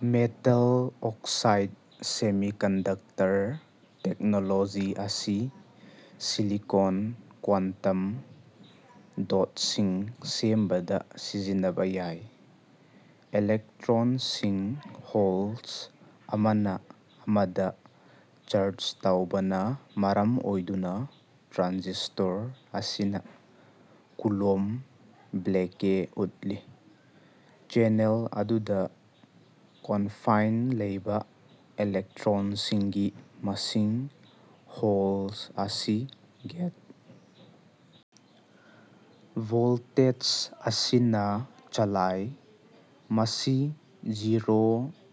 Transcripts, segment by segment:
Metal oxide semiconductor technology ꯑꯁꯤ silicon quantum ꯗꯣꯠꯁꯤꯡ ꯁꯦꯝꯕꯗ ꯁꯤꯖꯤꯟꯅꯕ ꯌꯥꯏ꯫ ꯏꯂꯦꯛꯇ꯭ꯔꯣꯟꯁꯤꯡ (ꯍꯣꯜꯁ) ꯑꯃꯅ ꯑꯃꯗ ꯆꯥꯔꯖ ꯇꯧꯕꯅ ꯃꯔꯝ ꯑꯣꯏꯗꯨꯅ ꯇ꯭ꯔꯥꯟꯖꯤꯁ꯭ꯇꯣꯔ ꯑꯁꯤꯅ ꯀꯨꯂꯣꯝ ꯕ꯭ꯂꯦꯀꯦ ꯎꯠꯂꯤ꯫ ꯆꯦꯅꯦꯜ ꯑꯗꯨꯗ ꯀꯣꯟꯐꯥꯏꯟꯗ ꯂꯩꯕ ꯏꯂꯦꯛꯇ꯭ꯔꯣꯟꯁꯤꯡꯒꯤ ꯃꯁꯤꯡ (ꯍꯣꯜꯁ) ꯑꯁꯤ ꯒꯦꯠ ꯚꯣꯜꯇꯦꯖ ꯑꯁꯤꯅ ꯆꯂꯥꯏ, ꯃꯁꯤ ꯖꯤꯔꯣ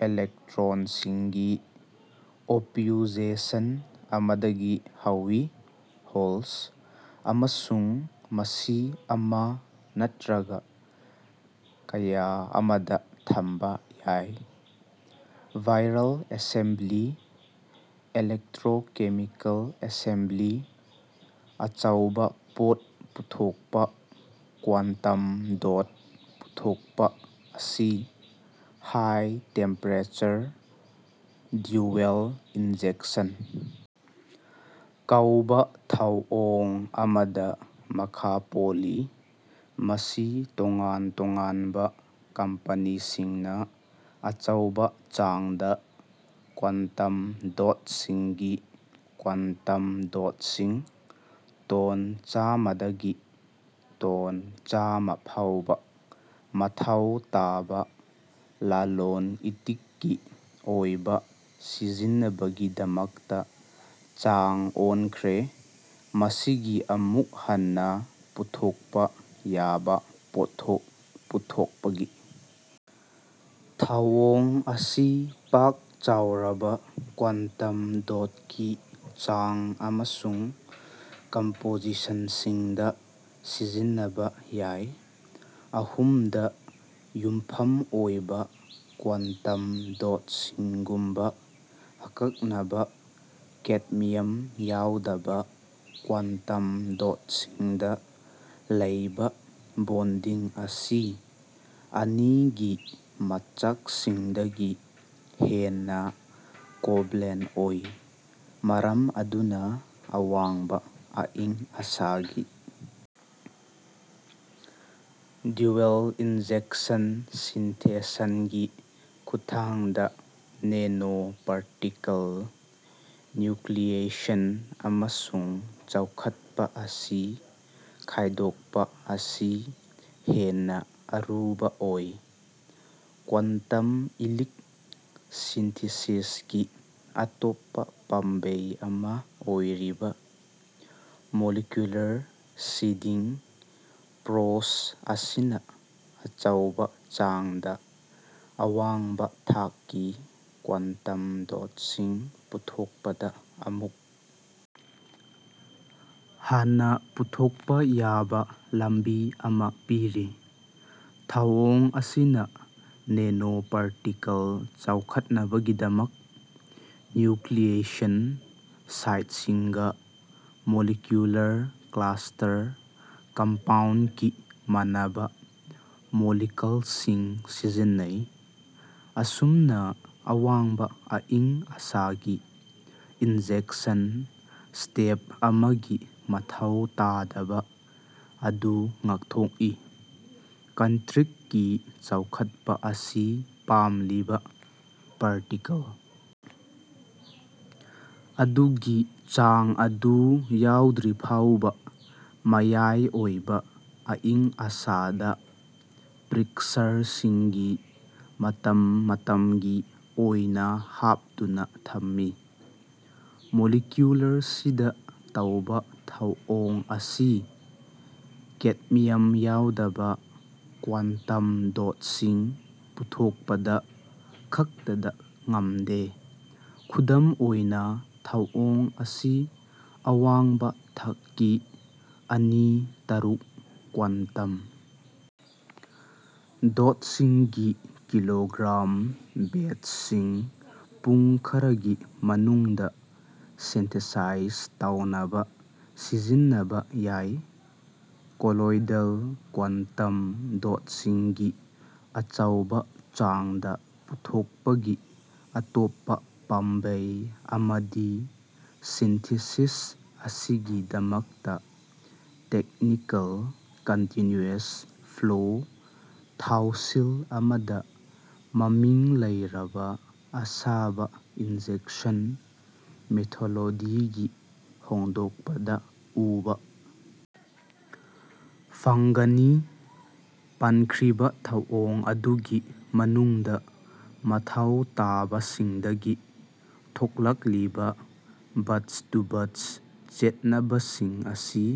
ꯏꯂꯦꯛꯇ꯭ꯔꯣꯟꯁꯤꯡꯒꯤ ꯑꯣꯄ꯭ꯌꯨꯖꯦꯁꯟ ꯑꯃꯗꯒꯤ ꯍꯧꯏ (ꯍꯣꯜꯁ) ꯑꯃꯁꯨꯡ ꯃꯁꯤ ꯑꯃ ꯅꯠꯇ꯭ꯔꯒ ꯀꯌꯥ ꯑꯃꯗ ꯊꯝꯕ ꯌꯥꯏ꯫ ꯚꯥꯏꯔꯜ ꯑꯦꯁꯦꯝꯕ꯭ꯂꯤ ꯏꯂꯦꯛꯇ꯭ꯔꯣꯀꯦꯃꯤꯀꯦꯜ ꯑꯦꯁꯦꯝꯕ꯭ꯂꯤ ꯑꯆꯧꯕ ꯄꯣꯠ ꯄꯨꯊꯣꯛꯄ ꯀ꯭ꯋꯥꯟꯇꯝ ꯗꯣꯠ ꯄꯨꯊꯣꯛꯄ ꯑꯁꯤ ꯍꯥꯏ ꯇꯦꯝꯄꯔꯦꯆꯔ ꯗ꯭ꯌꯨꯋꯦꯜ ꯏꯟꯖꯦꯛꯁꯟ ꯀꯧꯕ ꯊꯧꯑꯣꯡ ꯑꯃꯗ ꯃꯈꯥ ꯄꯣꯜꯂꯤ, ꯃꯁꯤ ꯇꯣꯉꯥꯟ-ꯇꯣꯉꯥꯟꯕ ꯀꯝꯄꯅꯤꯁꯤꯡꯅ ꯑꯆꯧꯕ ꯆꯥꯡꯗ (ꯀ꯭ꯋꯥꯟꯇꯝ ꯗꯣꯠꯁꯤꯡꯒꯤ ꯀ꯭ꯋꯥꯟꯇꯝ ꯗꯣꯠꯁꯤꯡ ꯇꯣꯟ ꯆꯥꯃꯗꯒꯤ ꯇꯣꯟ ꯆꯥꯝꯃ ꯐꯥꯎꯕ) ꯃꯊꯧ ꯇꯥꯕ ꯂꯂꯣꯟ-ꯏꯇꯤꯛꯀꯤ ꯑꯣꯏꯕ ꯁꯤꯖꯤꯟꯅꯕꯒꯤꯗꯃꯛꯇ ꯆꯥꯡ ꯑꯣꯟꯈ꯭ꯔꯦ꯫ ꯃꯁꯤꯒꯤ ꯑꯃꯨꯛ ꯍꯟꯅ ꯄꯨꯊꯣꯛꯄ ꯌꯥꯕ ꯄꯣꯠꯊꯣꯛ ꯄꯨꯊꯣꯛꯄꯒꯤ ꯊꯧꯑꯣꯡ ꯑꯁꯤ ꯄꯥꯛ-ꯆꯥꯎꯔꯕ ꯀ꯭ꯋꯥꯟꯇꯝ ꯗꯣꯠꯀꯤ ꯆꯥꯡ ꯑꯃꯁꯨꯡ ꯀꯝꯄꯣꯖꯤꯁꯟꯁꯤꯡꯗ ꯁꯤꯖꯤꯟꯅꯕ ꯌꯥꯏ꯫ ꯑꯍꯨꯝ-ꯗ ꯌꯨꯝꯐꯝ ꯑꯣꯏꯕ ꯀ꯭ꯋꯥꯟꯇꯝ ꯗꯣꯠꯁꯤꯡꯒꯨꯝꯕ ꯑꯀꯛꯅꯕ ꯀꯦꯗꯃꯤꯌꯝ ꯌꯥꯎꯗꯕ ꯀ꯭ꯋꯥꯟꯇꯝ ꯗꯣꯠꯁꯤꯡꯗ ꯂꯩꯕ ꯕꯣꯟꯗꯤꯡ ꯑꯁꯤ ꯑꯅꯤ-ꯒꯤ ꯃꯆꯥꯛꯁꯤꯡꯗꯒꯤ ꯍꯦꯟꯅ ꯀꯣꯚꯂꯦꯟ ꯑꯣꯏ, ꯃꯔꯝ ꯑꯗꯨꯅ ꯑꯋꯥꯡꯕ ꯑꯏꯪ ꯑꯁꯥꯒꯤ ꯗ꯭ꯌꯨꯋꯦꯜ ꯏꯟꯖꯦꯛꯁꯟ ꯁꯤꯟꯊꯦꯁꯟꯒꯤ ꯈꯨꯠꯊꯥꯡꯗ ꯅꯦꯅꯣꯄꯥꯔꯇꯤꯀꯜ ꯅ꯭ꯌꯨꯀ꯭ꯂꯤꯌꯦꯁꯟ ꯑꯃꯁꯨꯡ ꯆꯥꯎꯈꯠꯄ ꯑꯁꯤ ꯈꯥꯏꯗꯣꯛꯄ ꯑꯁꯤ ꯍꯦꯟꯅ ꯑꯔꯨꯕ ꯑꯣꯏ꯫ ꯀ꯭ꯋꯥꯟꯇꯝ ꯏꯂꯤꯛ ꯁꯤꯟꯊꯤꯁꯤꯁꯀꯤ ꯑꯇꯣꯞꯄ ꯄꯥꯝꯕꯩ ꯑꯃ ꯑꯣꯏꯔꯤꯕ, ꯃꯣꯂꯤꯀ꯭ꯌꯨꯂꯔ ꯁꯤꯗꯤꯡ ꯄ꯭ꯔꯣꯁ ꯑꯁꯤꯅ ꯑꯆꯧꯕ ꯆꯥꯡꯗ ꯑꯋꯥꯡꯕ ꯊꯥꯛꯀꯤ ꯀ꯭ꯋꯥꯟꯇꯝ ꯗꯣꯠꯁꯤꯡ ꯄꯨꯊꯣꯛꯄꯗ ꯑꯃꯨꯛ ꯍꯟꯅ ꯄꯨꯊꯣꯛꯄ ꯌꯥꯕ ꯂꯝꯕꯤ ꯑꯃ ꯄꯤꯔꯤ꯫ ꯊꯧꯑꯣꯡ ꯑꯁꯤꯅ ꯅꯦꯅꯣꯄꯥꯔꯇꯤꯀꯜ ꯆꯥꯎꯈꯠꯅꯕꯒꯤꯗꯃꯛ ꯅ꯭ꯌꯨꯀ꯭ꯂꯤꯌꯦꯁꯟ ꯁꯥꯏꯠꯁꯤꯡꯒ ꯃꯣꯂꯤꯀ꯭ꯌꯨꯂꯔ ꯀ꯭ꯂꯁꯇꯔ ꯀꯝꯄꯥꯎꯟꯠꯀꯤ ꯃꯥꯟꯅꯕ ꯃꯣꯂꯤꯀꯜꯁꯤꯡ ꯁꯤꯖꯤꯟꯅꯩ, ꯑꯁꯨꯝꯅ ꯑꯋꯥꯡꯕ ꯑꯏꯪ-ꯑꯁꯥꯒꯤ ꯏꯟꯖꯦꯛꯁꯟ ꯁ꯭ꯇꯦꯞ ꯑꯃꯒꯤ ꯃꯊꯧ ꯇꯥꯗꯕ ꯑꯗꯨ ꯉꯥꯛꯊꯣꯛꯏ꯫ ꯀꯟꯇ꯭ꯔꯤꯛꯀꯤ ꯆꯥꯎꯈꯠꯄ ꯑꯁꯤ ꯄꯥꯝꯂꯤꯕ ꯄꯥꯔꯇꯤꯀꯜ ꯑꯗꯨꯒꯤ ꯆꯥꯡ ꯑꯗꯨ ꯌꯥꯎꯗ꯭ꯔꯤꯐꯥꯎꯕ ꯃꯌꯥꯏ ꯑꯣꯏꯕ ꯑꯏꯪ-ꯑꯁꯥꯗ ꯄ꯭ꯔꯤꯀꯁꯔꯁꯤꯡꯒꯤ ꯃꯇꯝ-ꯃꯇꯝꯒꯤ ꯑꯣꯏꯅ ꯍꯥꯞꯇꯨꯅ ꯊꯝꯃꯤ꯫ ꯃꯣꯂꯤꯀ꯭ꯌꯨꯂꯔ ꯁꯤꯗ ꯇꯧꯕ ꯊꯧꯑꯣꯡ ꯑꯁꯤ ꯀꯦꯗꯃꯤꯌꯝ ꯌꯥꯎꯗꯕ ꯀ꯭ꯋꯥꯟꯇꯝ ꯗꯣꯠꯁꯤꯡ ꯄꯨꯊꯣꯛꯄꯗ ꯈꯛꯇꯗ ꯉꯝꯗꯦ, ꯈꯨꯗꯝ ꯑꯣꯏꯅ ꯊꯧꯑꯣꯡ ꯑꯁꯤ ꯑꯋꯥꯡꯕ ꯊꯥꯛꯀꯤ ꯑꯅꯤ- ꯇꯔꯨꯛ ꯀ꯭ꯋꯥꯟꯇꯝ ꯗꯣꯠꯁꯤꯡꯒꯤ ꯀꯤꯂꯣꯒ꯭ꯔꯥꯝ ꯕꯦꯆꯁꯤꯡ ꯄꯨꯡ ꯈꯔꯒꯤ ꯃꯅꯨꯡꯗ ꯁꯤꯟꯊꯦꯁꯥꯏꯖ ꯇꯧꯅꯕ ꯁꯤꯖꯤꯟꯅꯕ ꯌꯥꯏ꯫ ꯀꯣꯂꯣꯏꯗꯦꯜ ꯀ꯭ꯋꯥꯟꯇꯝ ꯗꯣꯠꯁꯤꯡꯒꯤ ꯑꯆꯧꯕ ꯆꯥꯡꯗ ꯄꯨꯊꯣꯛꯄꯒꯤ ꯑꯇꯣꯞꯄ ꯄꯥꯝꯕꯩ ꯑꯃꯗꯤ ꯁꯤꯟꯊꯤꯁꯤꯁ ꯑꯁꯤꯒꯤꯗꯃꯛꯇ ꯇꯦꯛꯅꯤꯀꯦꯜ ꯀꯟꯇ꯭ꯌꯨꯅ꯭ꯌꯨꯁ ꯐ꯭ꯂꯣ ꯊꯧꯁꯤꯜ ꯑꯃꯗ ꯃꯃꯤꯡ ꯂꯩꯔꯕ ꯑꯁꯥꯕ ꯏꯟꯖꯦꯛꯁꯟ ꯃꯦꯊꯣꯂꯣꯗꯤꯒꯤ ꯍꯣꯡꯗꯣꯛꯄꯗ ꯎꯕ ꯐꯪꯒꯅꯤ꯫ ꯄꯟꯈ꯭ꯔꯤꯕ ꯊꯧꯑꯣꯡ ꯑꯗꯨꯒꯤ ꯃꯅꯨꯡꯗ ꯃꯊꯧ ꯇꯥꯕꯁꯤꯡꯗꯒꯤ ꯊꯣꯛꯂꯛꯂꯤꯕ ꯕꯆ-ꯇꯨ-ꯕꯆ ꯈꯦꯠꯅꯕꯁꯤꯡ ꯑꯁꯤ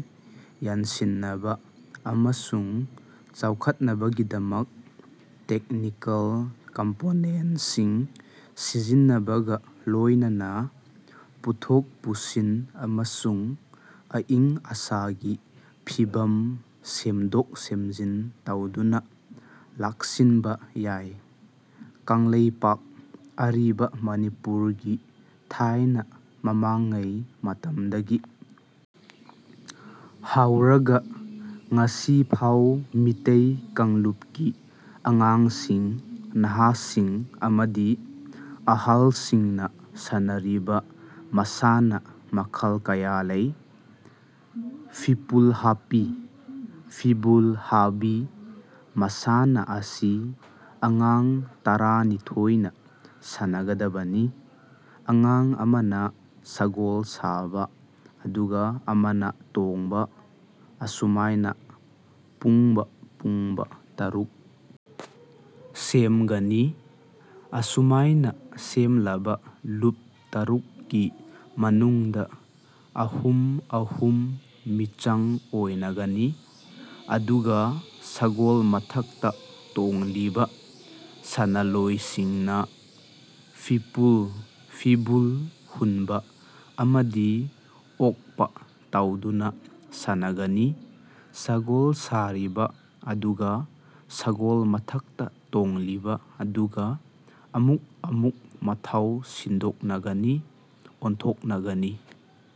ꯌꯥꯟꯁꯤꯟꯅꯕ ꯑꯃꯁꯨꯡ ꯆꯥꯎꯈꯠꯅꯕꯒꯤꯗꯃꯛ ꯇꯦꯛꯅꯤꯀꯦꯜ ꯀꯝꯄꯣꯅꯦꯟꯠꯁꯤꯡ ꯁꯤꯖꯤꯟꯅꯕꯒ ꯂꯣꯏꯅꯅ ꯄꯨꯊꯣꯛ-ꯄꯨꯁꯤꯟ ꯑꯃꯁꯨꯡ ꯑꯏꯪ-ꯑꯁꯥꯒꯤ ꯐꯤꯚꯝ ꯁꯦꯝꯗꯣꯛ-ꯁꯦꯝꯖꯤꯟ ꯇꯧꯗꯨꯅ ꯂꯥꯛꯁꯤꯟꯕ ꯌꯥꯏ꯫ ꯀꯪꯂꯩꯄꯥꯛ (ꯑꯔꯤꯕ ꯃꯅꯤꯄꯨꯔ) ꯒꯤ ꯊꯥꯢꯅ ꯃꯃꯥꯡꯉꯩ ꯃꯇꯝꯗꯒꯤ ꯍꯧꯔꯒ ꯉꯁꯤꯐꯥꯎ ꯃꯤꯇꯩ ꯀꯥꯡꯂꯨꯞꯀꯤ ꯑꯉꯥꯡꯁꯤꯡ, ꯅꯍꯥꯁꯤꯡ ꯑꯃꯗꯤ ꯑꯍꯜꯁꯤꯡꯅ ꯁꯥꯟꯅꯔꯤꯕ ꯃꯁꯥꯟꯅ ꯃꯈꯜ ꯀꯌꯥ ꯂꯩ꯫ ꯐꯤꯄꯨꯜ ꯍꯥꯄꯤ (ꯐꯤꯕꯨꯜ ꯍꯥꯕꯤ) ꯃꯁꯥꯟꯅ ꯑꯁꯤ ꯑꯉꯥꯡ ꯇꯔꯥꯅꯤꯊꯣꯏꯅ ꯁꯥꯟꯅꯒꯗꯕꯅꯤ꯫ ꯑꯉꯥꯡ ꯑꯃꯅ ꯁꯒꯣꯜ ꯁꯥꯕ ꯑꯗꯨꯒ ꯑꯃꯅ ꯇꯣꯡꯕ, ꯑꯁꯨꯃꯥꯢꯅ ꯄꯨꯡꯕꯥ ꯄꯨꯡꯕꯥ ꯇꯔꯨꯛ ꯁꯦꯝꯒꯅꯤ꯫ ꯑꯁꯨꯃꯥꯢꯅ ꯁꯦꯝꯂꯕ ꯂꯨꯞ ꯇꯔꯨꯛ ꯀꯤ ꯃꯅꯨꯡꯗ ꯑꯍꯨꯝ - ꯑꯍꯨꯝ ꯃꯤꯆꯪ ꯑꯣꯢꯅꯒꯅꯤ꯫ ꯑꯗꯨꯒ ꯁꯒꯣꯜ ꯃꯊꯛꯇ ꯇꯣꯡꯂꯤꯕ ꯁꯥꯅꯂꯣꯢꯁꯤꯡꯅ ꯐꯤꯄꯨꯜ (ꯐꯤꯕꯨꯜ) ꯍꯨꯟꯕ ꯑꯃꯗꯤ ꯑꯣꯛꯄ ꯇꯧꯗꯨꯅ ꯁꯥꯟꯅꯒꯅꯤ꯫ ꯁꯒꯣꯜ ꯁꯥꯔꯤꯕ ꯑꯗꯨꯒ ꯁꯒꯣꯜ ꯃꯊꯛꯇ ꯇꯣꯡꯂꯤꯕ ꯑꯗꯨꯒ ꯑꯃꯨꯛ ꯑꯃꯨꯛ ꯃꯊꯧ ꯁꯤꯟꯗꯣꯛꯅꯒꯅꯤ ꯑꯣꯟꯊꯣꯛꯅꯒꯅꯤ꯫